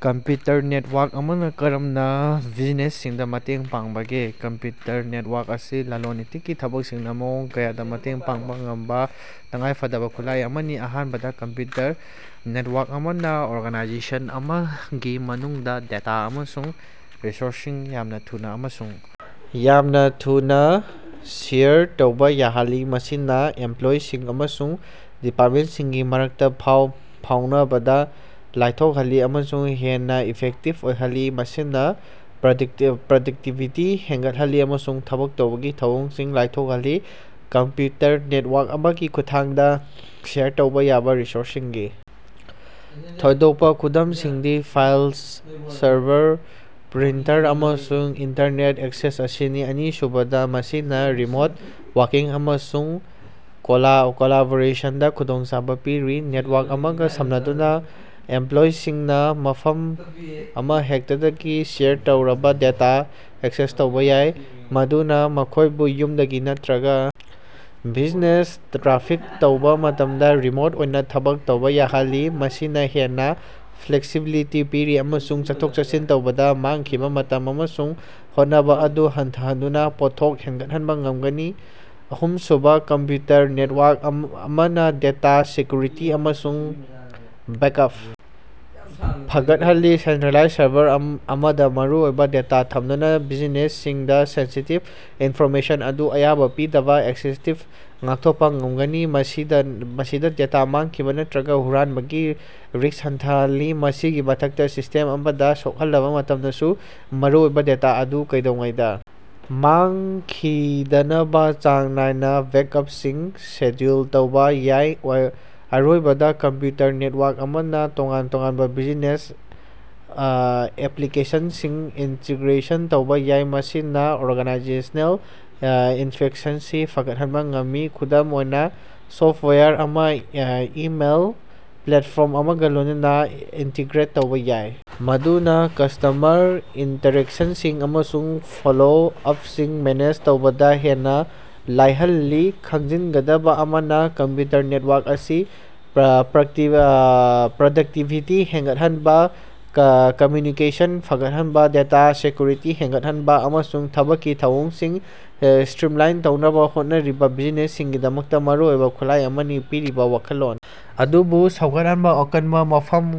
Computer network ꯑꯃꯅꯥ ꯀꯔꯝꯅꯥ ꯕꯤꯖꯤꯅꯦꯁꯁꯤꯡꯗꯥ ꯃꯇꯦꯡ ꯄꯥꯡꯕꯒꯦ? ꯀꯝꯄ꯭ꯌꯨꯇꯔ ꯅꯦꯠꯋꯥ꯭ꯔꯛ ꯑꯁꯤ ꯂꯂꯣꯟ-ꯏꯇꯤꯛꯀꯤ ꯊꯕꯛꯁꯤꯡꯗꯥ ꯃꯑꯣꯡ ꯀꯌꯥꯗꯥ ꯃꯇꯦꯡ ꯄꯥꯡꯕꯥ ꯉꯝꯕꯥ ꯇꯉꯥꯏꯐꯗꯕꯥ ꯈꯨꯠꯂꯥꯏ ꯑꯃꯅꯤ꯫ ꯑꯍꯥꯟꯕꯗꯥ, ꯀꯝꯄ꯭ꯌꯨꯇꯔ ꯅꯦꯠꯋꯥ꯭ꯔꯛ ꯑꯃꯅꯥ ꯑꯣꯔꯒꯥꯅꯥꯏꯖꯦꯁꯟ ꯑꯃꯒꯤ ꯃꯅꯨꯡꯗꯥ ꯗꯦꯇꯥ ꯑꯃꯁꯨꯡ ꯔꯤꯁꯣꯔꯁꯁꯤꯡ ꯌꯥꯝꯅꯥ ꯊꯨꯅꯥ ꯑꯃꯁꯨꯡ ꯌꯥꯝꯅꯥ ꯊꯨꯅꯥ ꯁꯤꯌꯔ ꯇꯧꯕꯥ ꯌꯥꯍꯜꯂꯤ꯫ ꯃꯁꯤꯅꯥ ꯏꯝꯄ꯭ꯂꯣꯌꯤꯁꯤꯡ ꯑꯃꯁꯨꯡ ꯗꯤꯄꯥꯔꯠꯃꯦꯟꯁꯤꯡꯒꯤ ꯃꯔꯛꯇꯥ ꯄꯥꯎ ꯐꯥꯎꯅꯕꯗꯥ ꯂꯥꯏꯊꯣꯛꯍꯜꯂꯤ ꯑꯃꯁꯨꯡ ꯍꯦꯟꯅꯥ ꯏꯐꯦꯛꯇꯤꯕ ꯑꯣꯏꯍꯜꯂꯤ, ꯃꯁꯤꯅꯥ ꯄ꯭ꯔꯗꯇꯤ ꯄ꯭ꯔꯗꯛꯇꯤꯕꯤꯇꯤ ꯍꯦꯟꯒꯠꯍꯜꯂꯤ ꯑꯃꯁꯨꯡ ꯊꯕꯛ ꯇꯧꯕꯒꯤ ꯊꯧꯑꯣꯡꯁꯤꯡ ꯂꯥꯏꯊꯣꯛꯍꯜꯂꯤ꯫ ꯀꯝꯄ꯬ꯌꯨꯇꯔ ꯅꯦꯠꯋꯥ꯭ꯔꯛ ꯑꯃꯒꯤ ꯈꯨꯠꯊꯥꯡꯗꯥ ꯁꯤꯌꯔ ꯇꯧꯕꯥ ꯌꯥꯕꯥ ꯔꯤꯁꯣꯔꯁꯁꯤꯡꯒꯤ ꯊꯣꯏꯗꯣꯛꯄꯥ ꯈꯨꯗꯝꯁꯤꯡꯗꯤ ꯐꯥꯏꯜ ꯁꯔꯚꯔ, ꯄ꯭ꯔꯤꯟꯇꯔ, ꯑꯃꯁꯨꯡ ꯏꯟꯇꯔꯅꯦꯠ ꯑꯦꯛꯁꯦꯁ ꯑꯁꯤꯅꯤ꯫ ꯑꯅꯤꯁꯨꯕꯗꯥ, ꯃꯁꯤꯅꯥ ꯔꯤꯃꯣꯠ ꯋꯥꯔꯀꯤꯡ ꯑꯃꯁꯨꯡ ꯀꯣꯂꯥ ꯀꯣꯂꯥꯕꯣꯔꯦꯁꯟꯗꯥ ꯈꯨꯗꯣꯡꯆꯥꯕꯥ ꯄꯤꯔꯤ꯫ ꯅꯦꯠꯋꯥ꯭ꯔꯛ ꯑꯃꯒꯥ ꯁꯝꯅꯗꯨꯅꯥ, ꯏꯝꯄ꯭ꯂꯣꯌꯤꯁꯤꯡꯅꯥ ꯃꯐꯝ ꯑꯃꯍꯦꯛꯇꯗꯒꯤ ꯁꯤꯌꯔ ꯇꯧꯔꯕꯥ ꯗꯦꯇꯥ ꯑꯦꯛꯁꯦꯁ ꯇꯧꯕꯥ ꯌꯥꯏ, ꯃꯗꯨꯅꯥ ꯃꯈꯣꯏꯕꯨ ꯌꯨꯝꯗꯒꯤ ꯅꯠꯇ꯭ꯔꯒꯥ ꯕꯤꯖꯤꯅꯦꯁ ꯇ꯭ꯔꯥꯐꯤꯛ ꯇꯧꯕꯥ ꯃꯇꯝꯗꯥ ꯔꯤꯃꯣꯠ ꯑꯣꯏꯅꯥ ꯊꯕꯛ ꯇꯧꯕꯥ ꯌꯥꯍꯜꯂꯤ꯫ ꯃꯁꯤꯅꯥ ꯍꯦꯟꯅꯥ ꯐ꯭ꯂꯦꯛꯁꯤꯕꯤꯂꯤꯇꯤ ꯄꯤꯔꯤ ꯑꯃꯁꯨꯡ ꯆꯠꯊꯣꯛ-ꯆꯠꯁꯤꯟ ꯇꯧꯕꯗꯥ ꯃꯥꯡꯈꯤꯕꯥ ꯃꯇꯝ ꯑꯃꯁꯨꯡ ꯍꯣꯠꯅꯕꯥ ꯑꯗꯨ ꯍꯟꯊꯍꯟꯗꯨꯅꯥ ꯄꯣꯠꯊꯣꯛ ꯍꯦꯟꯒꯠꯍꯟꯕꯥ ꯉꯝꯒꯅꯤ꯫ ꯑꯍꯨꯝꯁꯨꯕꯥ, ꯀꯝꯄ꯭ꯌꯨꯇꯔ ꯅꯦꯠꯋꯥ꯭ꯔꯛ ꯑꯃꯅꯥ ꯗꯦꯇꯥ ꯁꯦꯀ꯭ꯌꯨꯔꯤꯇꯤ ꯑꯃꯁꯨꯡ ꯕꯦꯛꯑꯞ ꯐꯒꯠꯍꯜꯂꯤ꯫ ꯁꯦꯟꯇ꯭ꯔꯦꯂꯥꯏꯖ ꯁꯔꯚꯔ ꯑꯃꯗꯥ ꯃꯔꯨꯑꯣꯏꯕꯥ ꯗꯦꯇꯥ ꯊꯝꯗꯨꯅꯥ, ꯕꯤꯖꯤꯅꯦꯁꯁꯤꯡꯅꯥ ꯁꯦꯟꯁꯤꯇꯤꯚ ꯏꯟꯐꯣꯔꯃꯦꯁꯟ ꯑꯗꯨ ꯑꯌꯥꯕꯥ ꯄꯤꯗꯕꯥ ꯑꯦꯛꯁꯦꯁꯇꯒꯤ ꯉꯥꯛꯊꯣꯛꯄꯥ ꯉꯝꯒꯅꯤ꯫ ꯃꯁꯤꯅꯥ ꯗꯦꯇꯥ ꯃꯥꯡꯈꯤꯕꯥ ꯅꯠꯇ꯭ꯔꯒꯥ ꯍꯨꯔꯥꯟꯕꯒꯤ ꯔꯤꯁ꯭ꯛ ꯍꯟꯊꯍꯜꯂꯤ꯫ ꯃꯁꯤꯒꯤ ꯃꯊꯛꯇꯥ, ꯁꯤꯁꯇꯦꯝ ꯑꯃꯗꯥ ꯁꯣꯛꯍꯜꯂꯕꯥ ꯃꯇꯝꯗꯁꯨ ꯃꯔꯨꯑꯣꯏꯕꯥ ꯗꯦꯇꯥ ꯑꯗꯨ ꯀꯩꯗꯧꯉꯩꯗꯥ ꯃꯥꯡꯈꯤꯗꯅꯕꯥ ꯆꯥꯡ ꯅꯥꯏꯅꯥ ꯕꯦꯛꯑꯞꯁꯤꯡ ꯁꯦꯗ꯭ꯌꯨꯜ ꯇꯧꯕꯥ ꯌꯥꯏ꯫ ꯑꯔꯣꯏꯕꯗꯥ, ꯀꯝꯄ꯭ꯌꯨꯇꯔ ꯅꯦꯠꯋꯥ꯭ꯔꯛ ꯑꯃꯅꯥ ꯇꯣꯉꯥꯟ-ꯇꯣꯉꯥꯟꯕꯥ ꯕꯤꯖꯅꯦꯁ ꯑꯦꯄ꯭ꯂꯤꯀꯦꯁꯟꯁꯤꯡ ꯏꯟꯇꯤꯒ꯭ꯔꯦꯁꯟ ꯇꯧꯕꯥ ꯌꯥꯏ, ꯃꯁꯤꯅꯥ ꯑꯣꯔꯒꯥꯅꯥꯏꯖꯦꯁꯅꯦꯜ ꯏꯐꯤꯁꯤꯑꯦꯟꯁꯤ ꯐꯒꯠꯍꯟꯕꯥ ꯉꯝꯃꯤ꯫ ꯈꯨꯗꯝ ꯑꯣꯏꯅꯥ, ꯁꯣꯐꯋꯦꯌꯔ ꯑꯃꯥ ꯏꯃꯦꯜ ꯄ꯭ꯂꯦꯠꯐꯣꯔꯝ ꯑꯃꯒꯥ ꯂꯣꯏꯅꯅꯥ ꯏꯟꯇꯤꯒ꯭ꯔꯦꯠ ꯇꯧꯕꯥ ꯌꯥꯏ, ꯃꯗꯨꯅꯥ ꯀꯁꯇꯃꯔ ꯏꯟꯇꯔꯦꯛꯁꯟꯁꯤꯡ ꯑꯃꯁꯨꯡ ꯐꯣꯂꯣ-ꯑꯞꯁꯤꯡ ꯃꯦꯅꯦꯖ ꯇꯧꯕꯗꯥ ꯍꯦꯟꯅꯥ ꯂꯥꯏꯍꯜꯂꯤ꯫ ꯈꯪꯖꯤꯟꯒꯗꯕꯥ ꯑꯃꯅꯥ, ꯀꯝꯄ꯭ꯌꯨꯇꯔ ꯅꯦꯠꯋꯥ꯭ꯔꯛ ꯑꯁꯤ ꯄ꯭ꯔꯗꯛꯇꯤꯚꯤꯇꯤ ꯍꯦꯟꯒꯠꯍꯟꯅꯕꯥ, ꯀꯝꯃ꯭ꯌꯨꯅꯤꯀꯦꯁꯟ ꯐꯒꯠꯍꯟꯅꯕꯥ, ꯗꯦꯇꯥ ꯁꯦꯀ꯭ꯌꯨꯔꯤꯇꯤ ꯍꯦꯟꯒꯠꯍꯟꯅꯕꯥ ꯑꯃꯁꯨꯡ ꯊꯕꯛꯀꯤ ꯊꯧꯑꯣꯡꯁꯤꯡ ꯁꯇ꯭ꯔꯤꯝꯂꯥꯏꯟ ꯇꯧꯅꯕꯥ ꯍꯣꯠꯅꯔꯤꯕꯥ ꯕꯤꯖꯤꯅꯦꯁꯁꯤꯡꯒꯤꯗꯃꯛꯇꯥ ꯃꯔꯨꯑꯣꯏꯕꯥ ꯈꯨꯠꯂꯥꯏ ꯑꯃꯅꯤ꯫ ꯄꯤꯔꯤꯕꯥ ꯋꯥꯈꯜꯂꯣꯟ ꯑꯗꯨꯕꯨ ꯁꯧꯒꯠꯅꯕꯥ ꯑꯀꯟꯕꯥ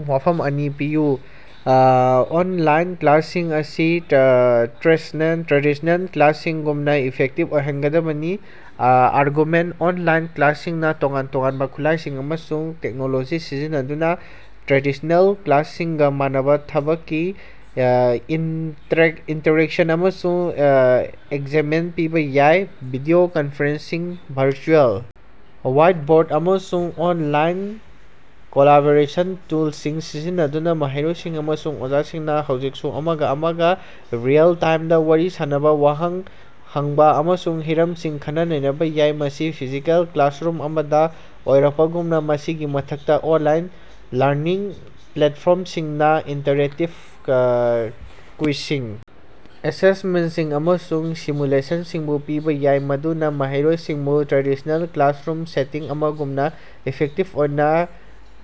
ꯋꯥꯐꯝ ꯑꯅꯤ ꯄꯤꯌꯨ꯫ ꯑꯣꯅꯂꯥꯏꯟ ꯀ꯭ꯂꯥꯁꯁꯤꯡ ꯑꯁꯤ ꯇ꯭ꯔꯦꯗꯤꯁꯅꯦꯜ ꯀ꯭ꯂꯥꯁꯁꯤꯡꯒꯨꯝꯅꯥ ꯏꯐꯦꯛꯇꯤꯕ ꯑꯣꯏꯒꯗꯕꯅꯤ꯫ ꯑꯥꯔꯒꯨꯃꯦꯟꯇ: ꯑꯣꯟꯂꯥꯏꯟ ꯀ꯭ꯂꯥꯁꯁꯤꯡꯅꯥ ꯇꯣꯉꯥꯟ-ꯇꯣꯉꯥꯟꯕꯥ ꯈꯨꯠꯂꯥꯏꯁꯤꯡ ꯑꯃꯁꯨꯡ ꯇꯦꯛꯅꯣꯂꯣꯖꯤ ꯁꯤꯖꯤꯟꯅꯗꯨꯅꯥ ꯇ꯭ꯔꯦꯗꯤꯁꯅꯦꯜ ꯀ꯭ꯂꯥꯁꯁꯤꯡꯒꯥ ꯃꯥꯟꯅꯕꯥ ꯊꯥꯕꯛꯀꯤ ꯏꯟꯇꯔꯦꯛꯁꯟ ꯑꯃꯁꯨꯡ ꯑꯦꯡꯒꯦꯖꯃꯦꯟꯇ ꯄꯤꯕꯥ ꯌꯥꯏ꯫ ꯚꯤꯗꯤꯑꯣ ꯀꯟꯐꯔꯦꯟꯁꯁꯤꯡ, ꯚꯔꯆꯨꯑꯦꯜ ꯋꯥꯏꯠꯕꯣꯔꯗ, ꯑꯃꯁꯨꯡ ꯑꯣꯟꯂꯥꯏꯟ ꯀꯣꯂꯥꯕꯣꯔꯦꯁꯟ ꯇꯨꯜꯁꯤꯡ ꯁꯤꯖꯤꯟꯅꯗꯨꯅꯥ ꯃꯍꯩꯔꯣꯏꯁꯤꯡ ꯑꯃꯁꯨꯡ ꯑꯣꯖꯥꯁꯤꯡꯅꯥ ꯍꯧꯖꯤꯛꯁꯨ ꯑꯃꯒꯥ ꯑꯃꯒꯥ ꯔꯤꯌꯦꯜ-ꯇꯥꯏꯝꯗꯥ ꯋꯥꯔꯤ ꯁꯥꯅꯕꯥ, ꯋꯥꯍꯪ ꯍꯪꯕꯥ ꯑꯃꯁꯨꯡ ꯍꯤꯔꯝꯁꯤꯡ ꯈꯟꯅ-ꯅꯩꯅꯕꯥ ꯌꯥꯏ, ꯃꯁꯤ ꯐꯤꯖꯤꯀꯦꯜ ꯀ꯭ꯂꯥꯁꯔꯨꯝ ꯑꯃꯗꯥ ꯑꯣꯏꯔꯛꯄꯒꯨꯝꯅꯥ꯫ ꯃꯁꯤꯒꯤ ꯃꯊꯛꯇꯥ, ꯑꯣꯟꯂꯥꯏꯟ ꯂꯔꯅꯤꯡ ꯄ꯭ꯂꯦꯠꯐꯣꯔꯝꯁꯤꯡꯅꯥ ꯏꯟꯇꯔꯦꯛꯇꯤꯕ ꯀ꯭ꯋꯤꯖꯁꯤꯡ, ꯑꯦꯁꯦꯁꯃꯦꯟꯠꯁꯤꯡ, ꯑꯃꯁꯨꯡ ꯁꯤꯃꯨꯂꯦꯁꯟꯁꯤꯡꯁꯨ ꯄꯤꯕꯥ ꯌꯥꯏ ꯃꯗꯨꯅꯥ ꯃꯍꯩꯔꯣꯏꯁꯤꯡꯕꯨ ꯇ꯭ꯔꯦꯗꯤꯁꯅꯦꯜ ꯀ꯭ꯂꯥꯁꯔꯨꯝ ꯁꯦꯇꯤꯡ ꯑꯃꯒꯨꯝꯅꯥ ꯏꯐꯦꯛꯇꯤꯕ ꯑꯣꯏꯅꯥ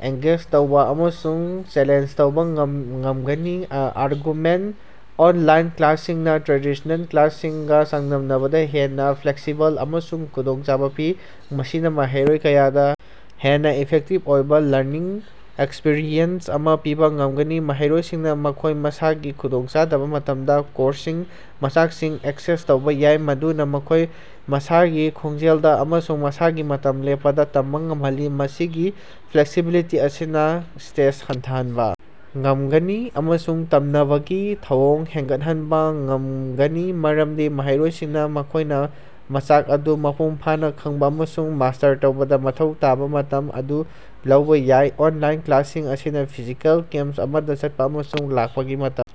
ꯑꯦꯡꯒꯦꯖ ꯇꯧꯕꯥ ꯑꯃꯁꯨꯡ ꯆꯦꯂꯦꯟꯖ ꯇꯧꯕꯥ ꯉꯝꯒꯅꯤ꯫ ꯑꯥꯔꯒꯨꯃꯦꯟ: ꯑꯣꯟꯂꯥꯏꯟ ꯀ꯭ꯂꯥꯁꯁꯤꯡꯅꯥ ꯇ꯭ꯔꯦꯗꯤꯁꯅꯦꯜ ꯀ꯭ꯂꯥꯁꯁꯤꯡꯒꯥ ꯆꯥꯡꯗꯝꯅꯕꯗꯥ ꯍꯦꯟꯅꯥ ꯐ꯭ꯂꯦꯛꯁꯤꯕꯜ ꯑꯃꯁꯨꯡ ꯈꯨꯗꯣꯡꯆꯥꯕꯥ ꯄꯤ, ꯃꯁꯤꯅꯥ ꯃꯍꯩꯔꯣꯏ ꯀꯌꯥꯗꯥ ꯍꯦꯟꯅꯥ ꯏꯐꯦꯛꯇꯤꯚ ꯑꯣꯏꯕꯥ ꯂꯔꯅꯤꯡ ꯑꯦꯛꯁꯄꯤꯔꯤꯑꯦꯟꯁ ꯑꯃꯥ ꯄꯤꯕꯥ ꯉꯝꯒꯅꯤ꯫ ꯃꯍꯩꯔꯣꯏꯁꯤꯡꯅꯥ ꯃꯈꯣꯏ ꯃꯁꯥꯒꯤ ꯈꯨꯗꯣꯡꯆꯥꯗꯕꯥ ꯃꯇꯝꯗꯥ ꯀꯣꯔꯁꯀꯤ ꯃꯆꯥꯛꯁꯤꯡ ꯑꯦꯛꯁꯦꯁ ꯇꯧꯕꯥ ꯌꯥꯏ, ꯃꯗꯨꯅꯥ ꯃꯈꯣꯏ ꯃꯁꯥꯒꯤ ꯈꯣꯡꯖꯦꯜꯗꯥ ꯑꯃꯁꯨꯡ ꯃꯁꯥꯒꯤ ꯃꯇꯝ ꯂꯦꯞꯄꯗꯥ ꯇꯝꯕꯥ ꯉꯝꯍꯜꯂꯤ꯫ ꯃꯁꯤꯒꯤ ꯐ꯭ꯂꯦꯛꯁꯤꯕꯤꯂꯤꯇꯤ ꯑꯁꯤꯅꯥ ꯁꯇ꯭ꯔꯦꯁ ꯍꯟꯊꯍꯟꯕꯥ ꯉꯝꯒꯅꯤ ꯑꯃꯁꯨꯡ ꯇꯝꯅꯕꯒꯤ ꯊꯧꯑꯣꯡ ꯍꯦꯟꯒꯠꯍꯟꯕꯥ ꯉꯝꯒꯅꯤ, ꯃꯔꯝꯗꯤ ꯃꯍꯩꯔꯣꯏꯁꯤꯡꯅꯥ ꯃꯈꯣꯏꯅꯥ ꯃꯆꯥꯛ ꯑꯗꯨ ꯃꯄꯨꯡ ꯐꯥꯅꯥ ꯈꯪꯕꯥ ꯑꯃꯁꯨꯡ ꯃꯥꯁꯇꯔ ꯇꯧꯕꯗꯥ ꯃꯊꯧ ꯇꯥꯕꯥ ꯃꯇꯝ ꯑꯗꯨ ꯂꯧꯕꯥ ꯌꯥꯏ꯫ ꯑꯣꯟꯂꯥꯏꯟ ꯀ꯭ꯂꯥꯁꯁꯤꯡ ꯑꯁꯤꯅꯥ ꯐꯤꯖꯤꯀꯦꯜ ꯀꯦꯝꯄꯁ ꯑꯃꯗꯥ ꯆꯠꯄꯥ ꯑꯃꯁꯨꯡ ꯂꯥꯛꯄꯒꯤ ꯃꯇꯝ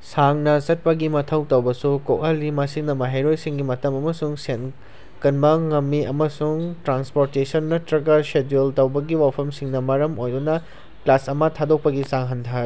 ꯁꯥꯡꯅꯥ ꯆꯠꯄꯒꯤ ꯃꯊꯧ ꯇꯧꯕꯁꯨ ꯀꯣꯛꯍꯜꯂꯤ, ꯃꯁꯤꯅꯥ ꯃꯍꯩꯔꯣꯏꯁꯤꯡꯒꯤ ꯃꯇꯝ ꯑꯃꯁꯨꯡ ꯁꯦꯟ ꯀꯟꯕꯥ ꯉꯝꯃꯤ, ꯑꯃꯁꯨꯡ ꯇ꯭ꯔꯥꯟꯁꯄꯣꯔꯇꯦꯁꯟ ꯅꯠꯇ꯭ꯔꯒꯥ ꯁꯦꯗ꯭ꯌꯨꯜ ꯇꯧꯕꯒꯤ ꯋꯥꯐꯝꯁꯤꯡꯅꯥ ꯃꯔꯝ ꯑꯣꯏꯗꯨꯅꯥ ꯀ꯭ꯂꯥꯁ ꯑꯃꯥ ꯊꯥꯗꯣꯛꯄꯒꯤ ꯆꯥꯡ ꯍꯟꯊꯍꯜꯂꯤ꯫